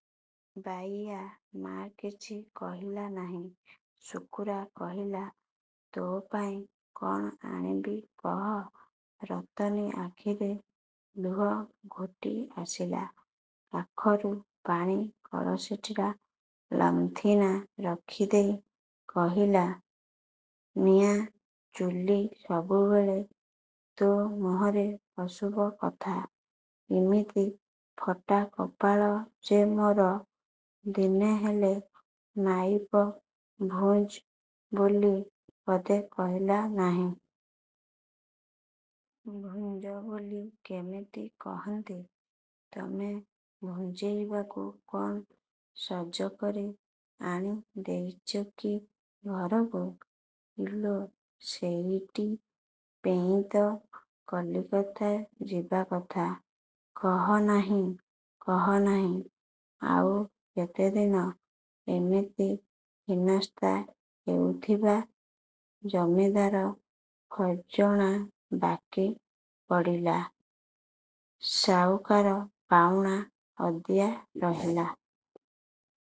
'' ବାଇୟା ମା କିଛି କହିଲା ନାହିଁ। ଶୁକୁରା କହିଲା–''ତୋପାଇଁ କ'ଣ ଆଣିବି କହ? '' ରତନୀ ଆଖିରେ ଲୁହ ଘୋଟି ଆସିଲା। କାଖରୁ ପାଣି କଳସୀଟା ଲଥ୍କିନା ରଖିଦେଇ କହିଲା–''ନିଆଁ, ଚୁଲି। '' ''ସବୁବେଳେ ତୋ ମୁହଁରେ ଅଶୁଭ କଥା। ଇମିତି ଫଟାକପାଳ ଯେ ମୋର ଦିନେ ହେଲେ ମାଇପ 'ଭୁଞ୍ଜ୍' ବୋଲି ପଦେ କହିଲା ନାହିଁ। '' ''ଭୁଞ୍ଜ ବୋଲି କେମିତି କହନ୍ତି? ତମେ ଭୁଞ୍ଜେଇବାକୁ କ'ଣ ସଜକରି ଆଣି ଦେଇଚ କି ଘରକୁ? '' ''ଇଲୋ, ସେଇତି ପେଇଁତ କଲିକତା ଯିବା କଥା। କହ ନାହିଁ–କହ ନାହିଁ–ଆଉ କେତେଦିନ ଏମିତି ହୀନସ୍ତା ହେଉଥିବା? ଜମିଦାର ଖଜଣା ବାକି ପଡ଼ିଲା। ସାଉକାର ପାଉଣା ଅଦିଆ ରହିଲା।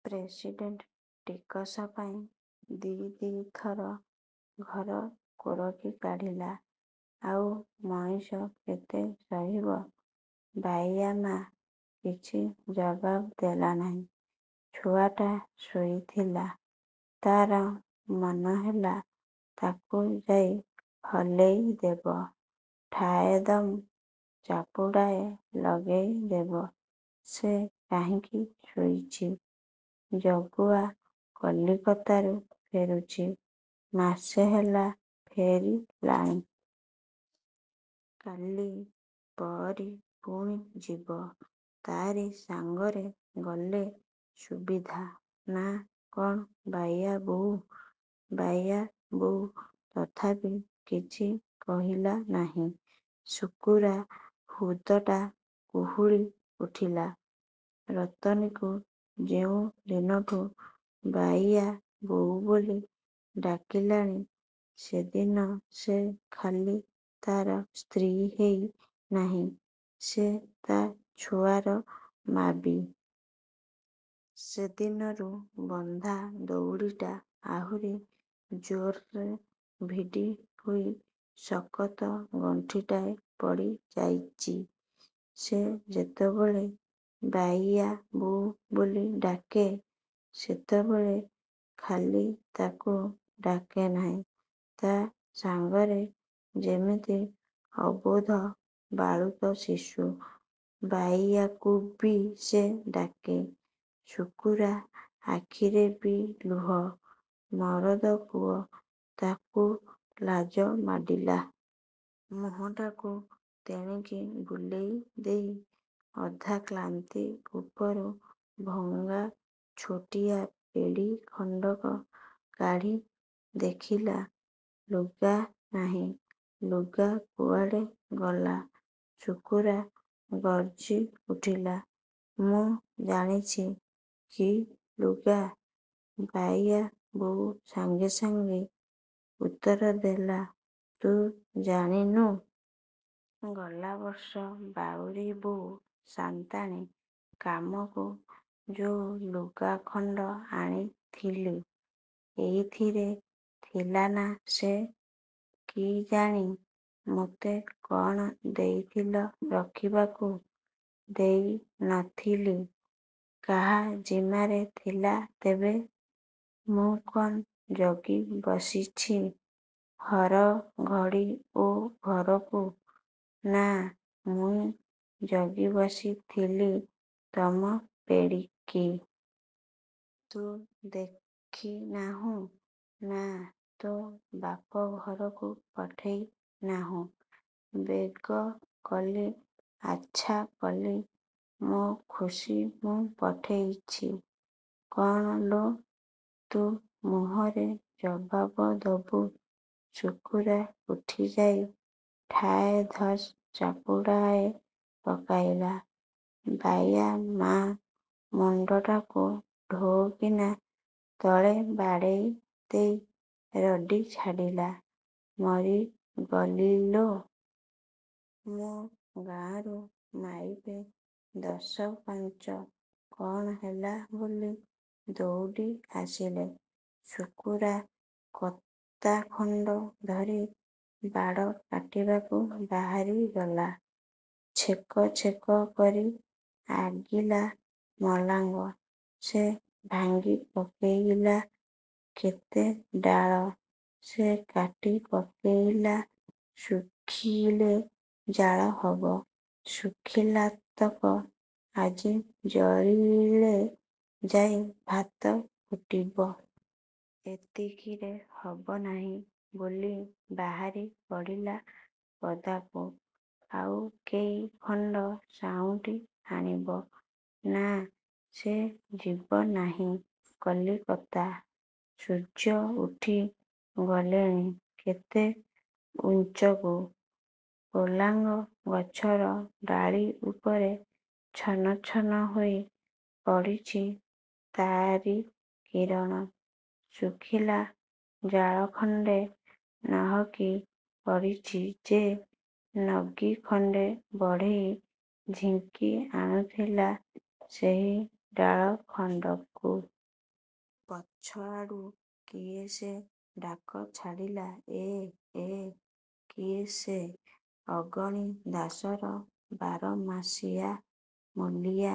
ପ୍ରେସିଡ଼େଣ୍ଟ ଟିକସପାଇଁ ଦି'ଦି ଥର ଘର କୋରକୀ କାଢ଼ିଲା। ଆଉ ମଣିଷ କେତେ ସହିବ? '' ବାୟାମା କିଛି ଜବାବ ଦେଲାନାହିଁ। ଛୁଆଟା ଶୋଇଥିଲା। ତା'ର ମନହେଲା, ତାକୁ ଯାଇ ହଲେଇ ଦେବ, ଠାଏଦମ୍ ଚାପୁଡ଼ାଏ ଲଗେଇ ଦେବ–ସେ କାହିଁକି ଶୋଇଛି। ''ଜଗୁଆ କଲିକତାରୁ ଫେରିଛୁ–ମାସେ ହେଲା ଫେରିଲାଣି। କାଲି ପଅରି ପୁଣି ଯିବ। ତା'ରି ସାଙ୍ଗରେ ଗଲେ ସୁବିଧା–ନା କ'ଣ ବାୟା ବୋଉ। '' ବାୟା ବୋଉ ତଥାପି କିଛି କହିଲାନାହିଁ। ଶୁକୁରା ହୁଦଟା କୁହୁଳି ଉଠିଲା। ରତନୀକୁ ଯେଉଁଦିନଠୁ ବାଇୟା ବୋଉ ବୋଲି ଡାକିଲାଣି, ସେଦିନ ସେ ଖାଲି ତା'ର ସ୍ତ୍ରୀ ହେଇ ନାହିଁ–ସେ ତା' ଛୁଆର ମାବି। ସେଦିନରୁ ବନ୍ଧା ଦଉଡ଼ିଟା ଆହୁରି ଜୋର୍ରେ ଭିଡ଼ି ହୋଇ ଶକତ ଗଣ୍ଠିଟାଏ ପଡ଼ିଯାଇଚି। ସେ ଯେତେବେଳେ 'ବାଇୟା ବୋଉ' ବୋଲି ଡାକେ, ସେତେବେଳେ ଖାଲି ତାକୁ ଡାକେନାହିଁ, ତା' ସାଙ୍ଗରେ ଯେମିତି ଅବୋଧ ବାଳୁତ ଶିଶୁ ବାଇୟାକୁବି ସେ ଡାକେ। ଶୁକୁରା ଆଖିରେବି ଲୁହ। ମରଦପୁଅ, ତାକୁ ଲାଜମାଡ଼ିଲା। ମୁହଁଟାକୁ ତେଣିକି ବୁଲେଇ ଦେଇ। ଅଧାକାନ୍ଥି ଉପରୁ ଭଙ୍ଗା ଛୋଟିଆ ପେଡ଼ି ଖଣ୍ଡକ କାଢ଼ି ଦେଖିଲା–ଲୁଗା ନାହିଁ। ''ଲୁଗା କୁଆଡ଼େ ଗଲା? '' ଶୁକୁରା ଗର୍ଜି ଉଠିଲା। ''ମୁଁ ଜାଣିଛି କି ଲୁଗା! '' ବାଇୟା ବୋଉ ସାଙ୍ଗେ ସାଙ୍ଗେ ଉତ୍ତର ଦେଲା। ''ତୁ ଜାଣିନୁ? ଗଲାବର୍ଷ ବାଉରି ବୋଉ ସାନ୍ତାଣୀ କାମକୁ ଯୋଉ ଲୁଗା ଖଣ୍ଡ ଆଣିଥିଲି, ଏଇଥିରେ ଥିଲାନା ସେ। '' ''କିଜାଣି, ମୋତେ କ'ଣ ଦେଇଥିଲ ରଖିବାକୁ। '' ''ଦେଇ ନଥିଲି? କାହା ଜିମାରେ ଥିଲା ତେବେ? ମୁଁ କ'ଣ ଜଗି ବସିଛି ହରଘଡ଼ି ଏ ଘରକୁ? '' ''ନାଁ, ମୁଇ ଜଗିବସିଥିଲି ତମ ପେଡ଼ିକି। '' ''ତୁ ଦେଖିନାହୁଁ? '' ''ନା। '' ''ତୋ ବାପଘରକୁ ପଠେଇ ନାହୁଁ? '' ''ବେଗ୍ କଲି, ଆଚ୍ଛାକଲି, ମୋ ଖୁସି, ମୁଁ ପଠେଇଛି। '' ''କ'ଣଲୋ? ତୁ ମୁହଁରେ ଜବାବ ଦବୁ? '' ଶୁକୁରା ଉଠିଯାଇ ଠାଏ ଧସ ଚାପୁଡ଼ାଏ ପକାଇଲା। ବାୟା ମା ମୁଣ୍ଡଟାକୁ ଢୋ କିନା ତଳେବାଡ଼େଇ ଦେଇ ରଡ଼ି ଛାଡ଼ିଲା, ''ମରିଗଲିଲୋ! ମୋ–'' ଗାଁରୁ ମାଇପେ ଦଶ ପାଞ୍ଚ 'କ'ଣ ହେଲା' ବୋଲି ଦଉଡ଼ି ଆସିଲେ। ଶୁକୁରା କତା ଖଣ୍ଡ ଧରି ବାଡ଼ କାଟିବାକୁ ବାହାରିଗଲା। ଛେକ ଛେକ କରି ଅଗିଲା ମଲାଙ୍ଗ ସେ ଭାଙ୍ଗିପକେଇଲା–କେତେ ଡାଳ ସେ କାଟି ପକେଇଲା–ଶୁଖିଲେ ଜାଳହବ। ଶୁଖିଲା ତକ ଆଜି ଜଳିଳେ ଯାଇ ଭାତ ଫୁଟିବ। ଏତିକିରେ ହବ ନାହିଁ ବୋଲି ବାହାରି ପଡ଼ିଲା ପଦାକୁ ଆଉକେଇ ଖଣ୍ଡ ସାଉଁଟି ଆଣିବ। ''ନାଁ ସେ ଯିବ ନାହିଁ କଲିକତା। '' ସୂର୍ଯ୍ୟ ଉଠି ଗଲେଣି କେତେ ଉଞ୍ଚକୁ। ପୋଲାଙ୍ଗ ଗଛର ଡାଳି ଉପରେ ଛନଛନ ହୋଇ ପଡ଼ିଛି ତା'ରି କିରଣ। ଶୁଖିଲା ଜାଳଖଣ୍ଡେ ନହକି ପଡ଼ିଛି ଯେ ନଗି ଖଣ୍ଡେ ବଢ଼େଇ ଝିଙ୍କି ଆଣୁଥିଲା ସେଇ ଡାଳଖଣ୍ଡିକୁ। ପଛ ଆଡ଼ୁ କିଏ ସେ ଡାକଛାଡ଼ିଲା–ଏ–ଏ–କିଏ ସେ! ଅଗଣୀଦାଶର ବାରମାସିଆ–ମୂଲିଆ।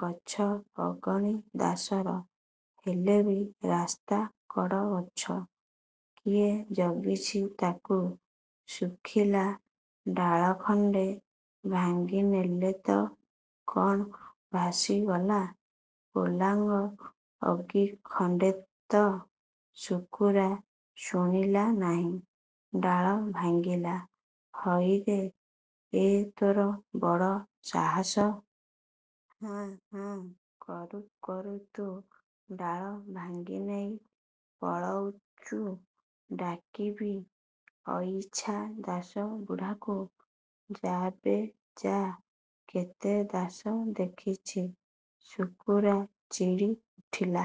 ଗଛ ଅଗଣୀଦାଶର। ହେଲେବି ରାସ୍ତା କଡ଼ ଗଛ। କିଏ ଜଗିଛି ତାକୁ, ଶୁଖିଲା ଡାଳଖଣ୍ଡେ ଭାଙ୍ଗି ନେଲେ ତ କ'ଣ ଭାସିଗଲା! ପୋଲାଙ୍ଗ ଅଗି ଖଣ୍ଡେତ! ଶୁକୁରା ଶୁଣିଲା ନାହିଁ। ଡାଳ ଭାଙ୍ଗିଲା। ''ହଇରେ ଏ, ତୋର ବଡ଼ ସାହସ। ହାଁ–ହାଁ କରୁ କରୁ ତୁ ଡାଳ ଭାଙ୍ଗି ନେଇ ପଳଉଚୁ। ଡାକିବି ଅଇଚ୍ଛା ଦାଶ ବୁଢ଼ାକୁ? '' ''ଯାବେ–ଯା–କେତେ ଦାଶ ଦେଖିଛି। '' ଶୁକୁରା ଚିଡ଼ି ଉଠିଲା।